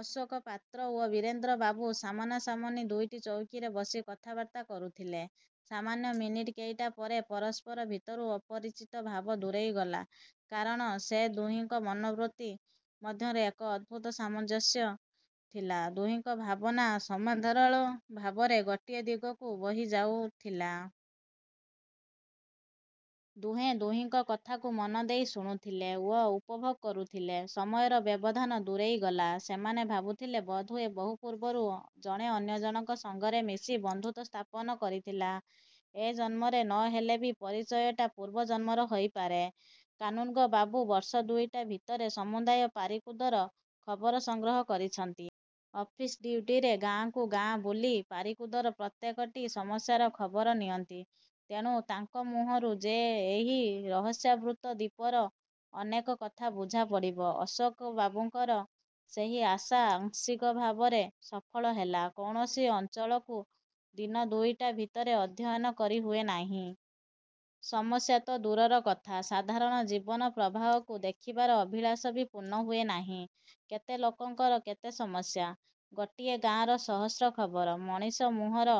ଅଶୋକ ପାତ୍ର ଓ ବୀରେନ୍ଦ୍ର ବାବୁ ସାମନା ସାମନି ଦୁଇଟି ଚୌକିରେ ବସି କଥାବାର୍ତ୍ତା କରୁଥିଲେ। ସାମାନ୍ୟ ମିନିଟ୍ କେଇଟା ପରେ ପରସ୍ପର ଭିତରୁ ଅପରିଚିତ ଭାବ ଦୂରେଇ ଗଲା। କାରଣ ସେ ଦୁହିଙ୍କ ମନୋବୃତ୍ତି ମଧ୍ୟରେ ଏକ ଅଦ୍ଭୁତ ସାମଞ୍ଜସ୍ୟ ଥିଲା। ଦୁହିଙ୍କ ଭାବନା ସମାନ୍ତରାଳ ଭାବରେ ଗୋଟିଏ ଦିଗକୁ ବୋହି ଯାଉଥିଲା। ଦୁହେଁ ଦୁହିଙ୍କ କଥାକୁ ମନଦେଇ ଶୁଣୁଥିଲେ ଓ ଉପଭୋଗ କରୁଥିଲେ। ସମୟର ବ୍ୟବଧାନ ଦୂରେଇ ଗଲା। ସେମାନେ ଭାବୁଥିଲେ, ବୋଧହୁଏ ବହୁପୂର୍ବରୁ ଜଣେ ଅନ୍ୟଜଣଙ୍କ ସଙ୍ଗରେ ମିଶି ବନ୍ଧୁତ୍ୱ ସ୍ଥାପନ କରିଥିଲା। ଏ ଜନ୍ମରେ ନହେଲେ ବି ପରିଚୟଟା ପୂର୍ବଜନ୍ମର ହୋଇପାରେ। କାନୁନ୍ଗୋ ବାବୁ ବର୍ଷ ଦୁଇଟା ଭିତରେ ସମୁଦାୟ ପାରିକୁଦର ଖବର ସଂଗ୍ରହ କରିଛନ୍ତି-। ଅଫିସ୍ଡ୍ୟୁଟିରେ ଗାଁକୁ ଗାଁ ବୁଲି ପାରିକୁଦର ପ୍ରତ୍ୟେକଟି ସମସ୍ୟାର ଖବର ନିଅନ୍ତି। ତେଣୁ ତାଙ୍କ ମୁହଁରୁ ଯେ ଏହି ରହସ୍ୟାବୃତ୍ତ ଦ୍ୱୀପର ଅନେକ କଥା ବୁଝା ପଡ଼ିବ, ଅଶୋକ ବାବୁଙ୍କର ସେହି ଆଶା ଆଂଶିକ ଭାବରେ ସଫଳ ହେଲା। କୌଣସି ଅଞ୍ଚଳକୁ ଦିନ ଦୁଇଟା ଭିତରେ ଅଧ୍ୟୟନ କରି ହୁଏନାହିଁ। ସମସ୍ୟାତ ଦୂରର କଥା, ସାଧାରଣ ଜୀବନ ପ୍ରବାହକୁ ଦେଖିବାର ଅଭିଳାଷ ବି ପୂର୍ଣ୍ଣ ହୁଏନାହିଁ। କେତେ ଲୋକଙ୍କର କେତେ ସମସ୍ୟା! ଗୋଟିଏ ଗାଁର ସହସ୍ର ଖବର। ମଣିଷ ମୁହଁର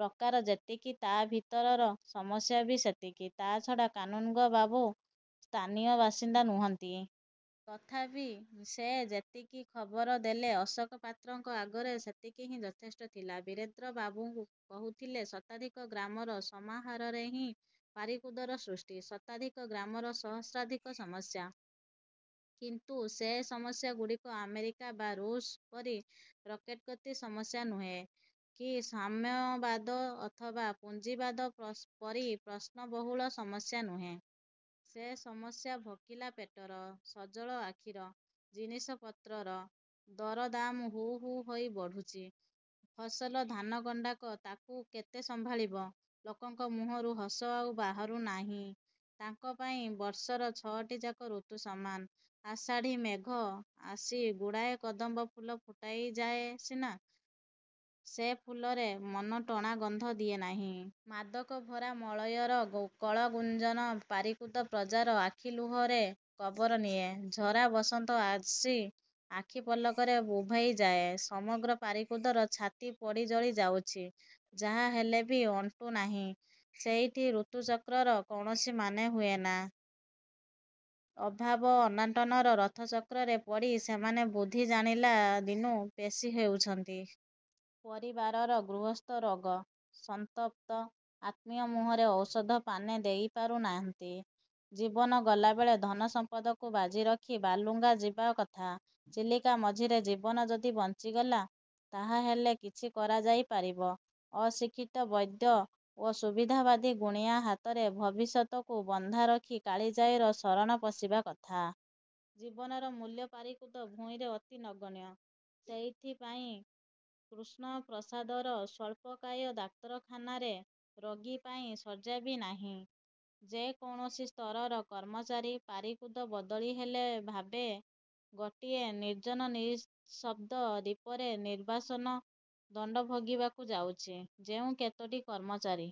ପ୍ରକାର ଯେତିକି ତା ଭିତରର ସମସ୍ୟା ବି ସେତିକି। ତା'ଛଡ଼ା କାନୁନ୍ଗୋ ବାବୁ ସ୍ଥାନୀୟ ବାସିନ୍ଦା ନୁହଁନ୍ତି। ତଥାପି ସେ ଯେତିକି ଖବର ଦେଲେ ଅଶୋକ ପାତ୍ରଙ୍କ ଆଗରେ ସେତିକି ହିଁ ଯଥେଷ୍ଟ ଥିଲା। ବୀରେନ୍ଦ୍ରବାବୁ କହୁଥିଲେ, ଶତାଧିକ ଗ୍ରାମର ସମହାରରେହିଁ ପାରିକୁଦର ସୃଷ୍ଟି। ଶତାଧିକ ଗ୍ରାମର ସହସ୍ରାଧିକ ସମସ୍ୟା। କିନ୍ତୁ ସେ ସମସ୍ୟାଗୁଡ଼ିକ ଆମେରିକା ବା ରୁଷ ପରି ରକେଟ୍ଗତି ସମସ୍ୟା ନୁହେ କି ସାମ୍ୟବାଦ ଅଥବା ପୁଞ୍ଜିବାଦ ପରି ପ୍ରଶ୍ନ-ବହୁଳ ସମସ୍ୟା ନୁହେ। ସେ ସମସ୍ୟା ଭୋଖିଲା ପେଟର, ସଜଳ ଆଖିର। ଜିନିଷପତ୍ରର ଦରଦାମ ହୁ ହୁ ହୋଇ ବଢ଼ୁଛି। ଫସଲ ଧାନ ଗଣ୍ଡାକ ତାକୁ କେତେ ସମ୍ଭାଳିବ? ଲୋକଙ୍କ ମୁହଁରୁ ହସ ଆଉ ବାହୁରୁ ନାହିଁ। ତାଙ୍କ ପାଇଁ ବର୍ଷର ଛଅଟିଯାକ ଋତୁ ସମାନ। ଆଷାଢ଼ୀ ମେଘ ଆସି ଗୁଡ଼ାଏ କଦମ୍ବ ଫୁଲ ଫୁଟାଇ ଯାଏ ସିନା, ସେ ଫୁଲରେ ମନଟଣା ଗନ୍ଧ ଦିଏ ନାହିଁ। ମାଦକ ଭରା ମଳୟର କଳଗୁଞ୍ଜନ ପାରିକୁଦ ପ୍ରଜାର ଆଖି ଲୁହରେ କବର ନିଏ। ଝରା ବସନ୍ତ ଆସି ଆଖି ପଲକରେ ଉଭେଇ ଯାଏ। ସମଗ୍ର ପାରିକୁଦର ଛାତି ପୋଡ଼ିଜଳି ଯାଉଛି। ଯାହା ହେଲେ ବି ଅଣ୍ଟୁ ନାହିଁ। ସେଇଠି ଋତୁଚକ୍ରର କୌଣସି ମାନେ ହୁଏନାଁ। ଅଭାବ, ଅନାଟନର ରଥଚକ୍ରରେ ପଡ଼ି ସେମାନେ ବୁଦ୍ଧି ଜାଣିଲା ଦିନୁ ପେଷି ହେଉଛନ୍ତି। ପରିବାରର ଗୃହସ୍ଥ ରୋଗ–ସନ୍ତପ୍ତ–ଆତ୍ମୀୟ ମୁହଁରେ ଔଷଧ ପାନେ ଦେଇପାରୁ ନାହାନ୍ତି। ଜୀବନ ଗଲାବେଳେ ଧନ ସମ୍ପଦକୁ ବାଜି ରଖି ବାଲୁଗାଁ ଯିବା କଥା। ଚିଲିକା ମଝିରେ ଜୀବନ ଯଦି ବଞ୍ଚିଗଲା, ତାହାହେଲେ କିଛି କରାଯାଇ ପାରିବ। ଅଶିକ୍ଷିତ ବୈଦ୍ୟ ଓ ସୁବିଧାବାଦୀ ଗୁଣିଆ ହାତରେ ଭବିଷ୍ୟତକୁ ବନ୍ଧା ରଖି କାଳିଜାଈର ଶରଣ ପଶିବା କଥା। ଜୀବନର ମୂଲ୍ୟ ପାରିକୁଦ ଭୂଇଁରେ ଅତି ନଗଣ୍ୟ। ସେଇଥିପାଇଁ କୃଷ୍ଣପ୍ରସାଦର ସ୍ୱଳ୍ପକାୟ ଡାକ୍ତରଖାନାରେ ରୋଗୀ ପାଇଁ ଶଯ୍ୟା ବି ନାହିଁ। ଯେ କୌଣସି ସ୍ତରର କର୍ମଚାରୀ, ପାରିକୁଦ ବଦଳି ହେଲେ ଭାବେ ଗୋଟିଏ ନିର୍ଜନ ନିଃଶବ୍ଦ ଦ୍ୱୀପରେ ନିର୍ବାସନ ଦଣ୍ଡ ଭୋଗିବାକୁ ଯାଉଛି। ଯେଉଁ କେତୋଟି କର୍ମଚାରୀ